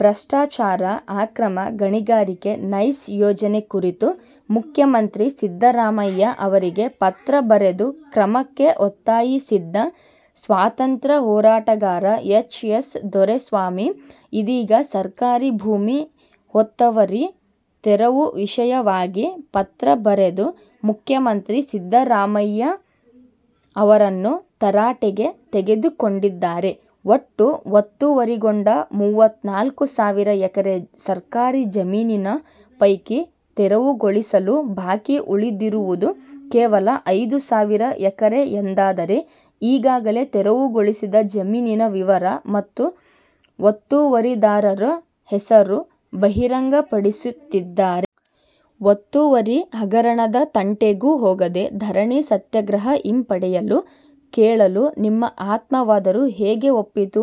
ಭ್ರಷ್ಟಾಚಾರ, ಅಕ್ರಮ ಗಣಿಗಾರಿಕೆ, ನೈಸ್ ಯೋಜನೆ ಕುರಿತು ಮುಖ್ಯಮಂತ್ರಿ ಸಿದ್ದರಾಮಯ್ಯ ಅವರಿಗೆ ಪತ್ರ ಬರೆದು ಕ್ರಮಕ್ಕೆ ಒತ್ತಾಯಿಸಿದ್ದ ಸ್ವಾತಂತ್ರ್ಯ ಹೋರಾಟಗಾರ ಎಚ್. ಎಸ್. ದೊರೆಸ್ವಾಮಿ, ಇದೀಗ ಸರ್ಕಾರಿ ಭೂಮಿ ಒತ್ತುವರಿ ತೆರವು ವಿಷಯವಾಗಿ ಪತ್ರ ಬರೆದು ಮುಖ್ಯಮಂತ್ರಿ ಸಿದ್ದರಾಮಯ್ಯ ಅವರನ್ನು ತರಾಟೆಗೆ ತೆಗೆದುಕೊಂಡಿದ್ದಾರೆ. ಒಟ್ಟು ಒತ್ತುವರಿಗೊಂಡ ಮೂವತ್ನಾಲ್ಕು ಸಾವಿರ ಎಕರೆ ಸರ್ಕಾರಿ ಜಮೀನಿನ ಪೈಕಿ ತೆರವುಗೊಳಿಸಲು ಬಾಕಿ ಉಳಿದಿರುವುದು ಕೇವಲ ಐದು ಸಾವಿರ ಎಕರೆ ಎಂದಾದರೆ, ಈಗಾಗಲೇ ತೆರವುಗೊಳಿಸಿದ ಜಮೀನಿನ ವಿವರ ಮತ್ತು ಒತ್ತುವರಿದಾರರ ಹೆಸರು ಬಹಿರಂಗಪಡಿಸುತ್ತಿದ್ದಾರೆ. ಒತ್ತುವರಿ ಹಗರಣದ ತಂಟೆಗೂ ಹೋಗದೆ ಧರಣಿ ಸತ್ಯಾಗ್ರಹ ಹಿಂಪಡೆಯಲು ಕೇಳಲು ನಿಮ್ಮ ಆತ್ಮವಾದರೂ ಹೇಗೆ ಒಪ್ಪಿತು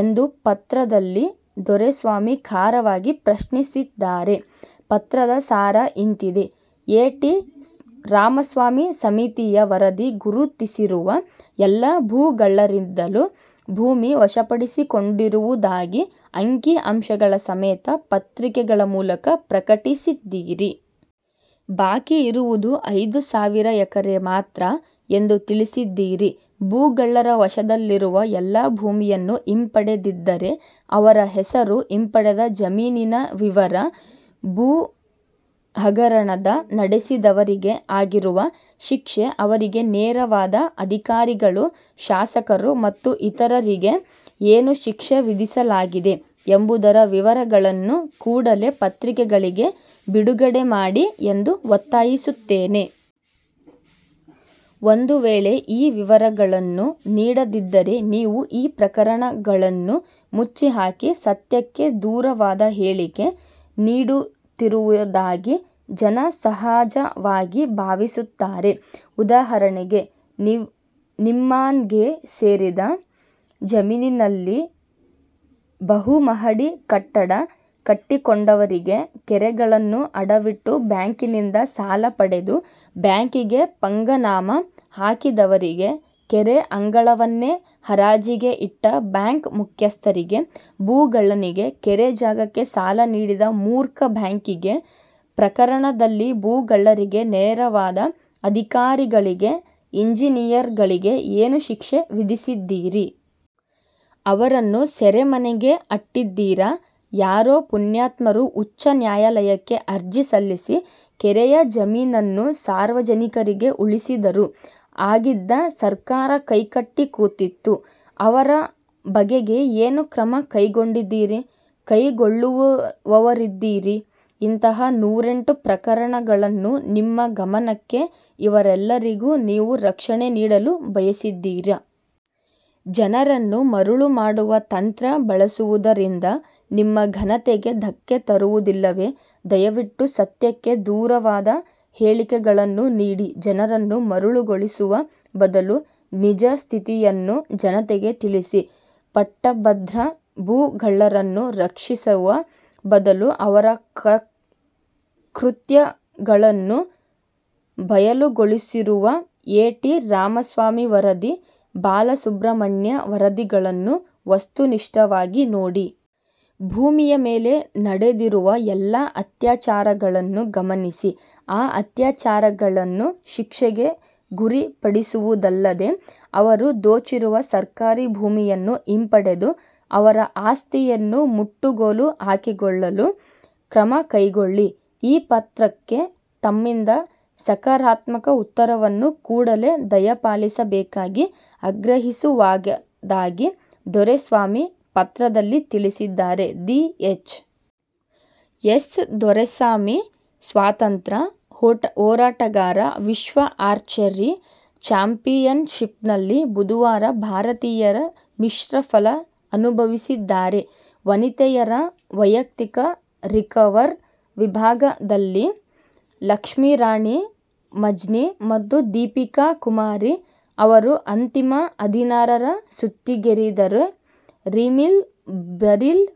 ಎಂದು ಪತ್ರದಲ್ಲಿ ದೊರೆಸ್ವಾಮಿ ಖಾರವಾಗಿ ಪ್ರಶ್ನಿಸಿದ್ದಾರೆ. ಪತ್ರದ ಸಾರ ಇಂತಿದೆ: ಎ. ಟಿ. ರಾಮಸ್ವಾಮಿ ಸಮಿತಿಯ ವರದಿ ಗುರುತಿಸಿರುವ ಎಲ್ಲ ಭೂಗಳ್ಳರಿಂದಲೂ ಭೂಮಿ ವಶಪಡಿಸಿಕೊಂಡಿರುವುದಾಗಿ ಅಂಕಿ-ಅಂಶಗಳ ಸಮೇತ ಪತ್ರಿಕೆಗಳ ಮೂಲಕ ಪ್ರಕಟಿಸಿದ್ದೀರಿ. ಬಾಕಿ ಇರುವುದು ಐದು ಸಾವಿರ ಎಕರೆ ಮಾತ್ರ ಎಂದು ತಿಳಿಸಿದ್ದೀರಿ. ಭೂಗಳ್ಳರ ವಶದಲ್ಲಿರುವ ಎಲ್ಲ ಭೂಮಿಯನ್ನೂ ಹಿಂಪಡೆದಿದ್ದರೆ ಅವರ ಹೆಸರು, ಹಿಂಪಡೆದ ಜಮೀನಿನ ವಿವರ, ಭೂಹಗರಣ ನಡೆಸಿದವರಿಗೆ ಆಗಿರುವ ಶಿಕ್ಷೆ, ಅವರಿಗೆ ನೆರವಾದ ಅಧಿಕಾರಿಗಳು, ಶಾಸಕರು ಮತ್ತು ಇತರರಿಗೆ ಏನು ಶಿಕ್ಷೆ ವಿಧಿಸಲಾಗಿದೆ ಎಂಬುದರ ವಿವರಗಳನ್ನು ಕೂಡಲೆ ಪತ್ರಿಕೆಗಳಿಗೆ ಬಿಡುಗಡೆ ಮಾಡಿ ಎಂದು ಒತ್ತಾಯಿಸುತ್ತೇನೆ. ಒಂದು ವೇಳೆ ಈ ವಿವರಗಳನ್ನು ನೀಡದಿದ್ದರೆ ನೀವು ಈ ಪ್ರಕರಣಗಳನ್ನು ಮುಚ್ಚಿ ಹಾಕಿ, ಸತ್ಯಕ್ಕೆ ದೂರವಾದ ಹೇಳಿಕೆ ನೀಡುತ್ತಿರುವುದಾಗಿ ಜನ ಸಹಜವಾಗಿ ಭಾವಿಸುತ್ತಾರೆ. ಉದಾಹರಣೆಗೆ, ನಿಮ್ಹಾನ್ಸ್ಗೆ ಸೇರಿದ ಜಮೀನಿನಲ್ಲಿ ಬಹುಮಹಡಿ ಕಟ್ಟಡ ಕಟ್ಟಿಕೊಂಡವರಿಗೆ, ಕೆರೆಗಳನ್ನು ಅಡವಿಟ್ಟು ಬ್ಯಾಂಕಿನಿಂದ ಸಾಲಪಡೆದು, ಬ್ಯಾಂಕಿಗೆ ಪಂಗನಾಮ ಹಾಕಿದವರಿಗೆ, ಕೆರೆ ಅಂಗಳವನ್ನೇ ಹರಾಜಿಗೆ ಇಟ್ಟ ಬ್ಯಾಂಕ್ ಮುಖ್ಯಸ್ಥರಿಗೆ, ಭೂಗಳ್ಳನಿಗೆ, ಕೆರೆ ಜಾಗಕ್ಕೆ ಸಾಲ ನೀಡಿದ ಮೂರ್ಖ ಬ್ಯಾಂಕಿಗೆ, ಪ್ರಕರಣದಲ್ಲಿ ಭೂಗಳ್ಳರಿಗೆ ನೆರವಾದ ಅಧಿಕಾರಿಗಳಿಗೆ, ಇಂಜಿನಿಯರ್ಗಳಿಗೆ ಏನು ಶಿಕ್ಷೆ ವಿಧಿಸಿದ್ದೀರಿ? ಅವರನ್ನು ಸೆರೆಮನೆಗೆ ಅಟ್ಟಿದ್ದೀರಾ? ಯಾರೋ ಪುಣ್ಯಾತ್ಮರು ಉಚ್ಚ ನ್ಯಾಯಾಲಯಕ್ಕೆ ಅರ್ಜಿ ಸಲ್ಲಿಸಿ, ಕೆರೆಯ ಜಮೀನನ್ನು ಸಾರ್ವಜನಿಕರಿಗೆ ಉಳಿಸಿದರು. ಆಗಿದ್ದ ಸರ್ಕಾರ ಕೈಕಟ್ಟಿ ಕೂತಿತ್ತು. ಅವರ ಬಗೆಗೆ ಏನು ಕ್ರಮ ಕೈಗೊಂಡಿದ್ದೀರಿ? ಕೈಗೊಳ್ಳುವವರಿದ್ದೀರಿ? ಇಂತಹ ನೂರೆಂಟು ಪ್ರಕರಣಗಳನ್ನು ನಿಮ್ಮ ಗಮನಕ್ಕೆ, ಇವರೆಲ್ಲರಿಗೂ ನೀವು ರಕ್ಷಣೆ ನೀಡಲು ಬಯಸಿದ್ದೀರಾ? ಜನರನ್ನು ಮರುಳು ಮಾಡುವ ತಂತ್ರ ಬಳಸುವುದರಿಂದ ನಿಮ್ಮ ಘನತೆಗೆ ಧಕ್ಕೆ ತರುವುದಿಲ್ಲವೇ? ದಯವಿಟ್ಟು ಸತ್ಯಕ್ಕೆ ದೂರವಾದ ಹೇಳಿಕೆ ಗಳನ್ನು ನೀಡಿ ಜನರನ್ನು ಮರುಳುಗೊಳಿಸುವ ಬದಲು, ನಿಜಸ್ಥಿತಿಯನ್ನು ಜನತೆಗೆ ತಿಳಿಸಿ. ಪಟ್ಟಭದ್ರ ಭೂಗಳ್ಳರನ್ನು ರಕ್ಷಿಸುವ ಬದಲು, ಅವರ ಕೃತ್ಯಗಳನ್ನು ಬಯಲುಗೊಳಿಸಿರುವ ಎ. ಟಿ. ರಾಮಸ್ವಾಮಿ ವರದಿ, ಬಾಲಸುಬ್ರಹ್ಮಣ್ಯಂ ವರದಿಗಳನ್ನು ವಸ್ತುನಿಷ್ಠವಾಗಿ ನೋಡಿ. ಭೂಮಿಯ ಮೇಲೆ ನಡೆದಿರುವ ಎಲ್ಲ ಅತ್ಯಾಚಾರಗಳನ್ನೂ ಗಮನಿಸಿ ಆ ಅತ್ಯಾಚಾರಿಗಳನ್ನು ಶಿಕ್ಷೆಗೆ ಗುರಿಪಡಿಸುವುದಲ್ಲದೆ, ಅವರು ದೋಚಿರುವ ಸರ್ಕಾರಿ ಭೂಮಿಯನ್ನು ಹಿಂಪಡೆದು ಅವರ ಆಸ್ತಿಯನ್ನು ಮುಟ್ಟುಗೋಲು ಹಾಕಿಕೊಳ್ಳಲು ಕ್ರಮಕೈಗೊಳ್ಳಿ. ಈ ಪತ್ರಕ್ಕೆ ತಮ್ಮಿಂದ ಸಕಾರಾತ್ಮಕ ಉತ್ತರವನ್ನು ಕೂಡಲೇ ದಯಪಾಲಿಸಬೇಕಾಗಿ ಆಗ್ರಹಿಸುವುದಾಗಿ ದೊರೆಸ್ವಾಮಿ ಪತ್ರದಲ್ಲಿ ತಿಳಿಸಿದ್ದಾರೆ. ಧಿ- ಎಚ್. ಎಸ್. ದೊರೆಸ್ವಾಮಿ ಸ್ವಾತಂತ್ರ್ಯ ಹೋರಾಟಗಾರ ವಿಶ್ವ ಆರ್ಚರಿ ಚಾಂಪಿಯನ್ಶಿಪ್ನಲ್ಲಿ ಬುಧವಾರ ಭಾರತೀಯರು ಮಿಶ್ರಫಲ ಅನುಭವಿಸಿದ್ದಾರೆ. ವನಿತೆಯರ ವೈಯಕ್ತಿಕ ರಿಕರ್ವ್ ವಿಭಾಗದಲ್ಲಿ ಲಕ್ಷ್ಮೀರಾಣಿ ಮಜ್ಹಿ ಮತ್ತು ದೀಪಿಕಾ ಕುಮಾರಿ ಅವರು ಅಂತಿಮ ಹದಿನಾರರ ಸುತ್ತಿಗೇರಿದರೆ ರಿಮಿಲ್ ಬರೀಲಿ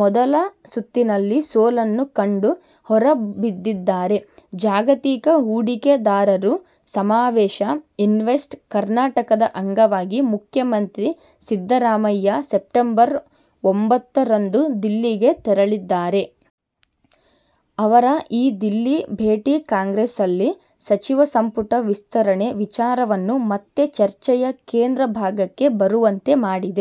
ಮೊದಲ ಸುತ್ತಿನಲ್ಲಿ ಸೋಲನ್ನು ಕಂಡು ಹೊರಬಿದ್ದಿದ್ದಾರೆ. ಜಾಗತಿಕ ಹೂಡಿಕೆದಾರರ ಸಮಾವೇಶ ಇನ್ವೆಸ್ಟ್ ಕರ್ನಾಟಕದ ಅಂಗವಾಗಿ ಮುಖ್ಯಮಂತ್ರಿ ಸಿದ್ದರಾಮಯ್ಯ ಸೆಪ್ಟಂಬರ್ ಒಂಬತ್ತರಂದು ದಿಲ್ಲಿಗೆ ತೆರಳಲಿದ್ದಾರೆ. ಅವರ ಈ ದಿಲ್ಲಿ ಭೇಟಿ ಕಾಂಗ್ರೆಸ್ನಲ್ಲಿ ಸಚಿವ ಸಂಪುಟ ವಿಸ್ತರಣೆ ವಿಚಾರವನ್ನು ಮತ್ತೆ ಚರ್ಚೆಯ ಕೇಂದ್ರ ಭಾಗಕ್ಕೆ ಬರುವಂತೆ ಮಾಡಿದೆ.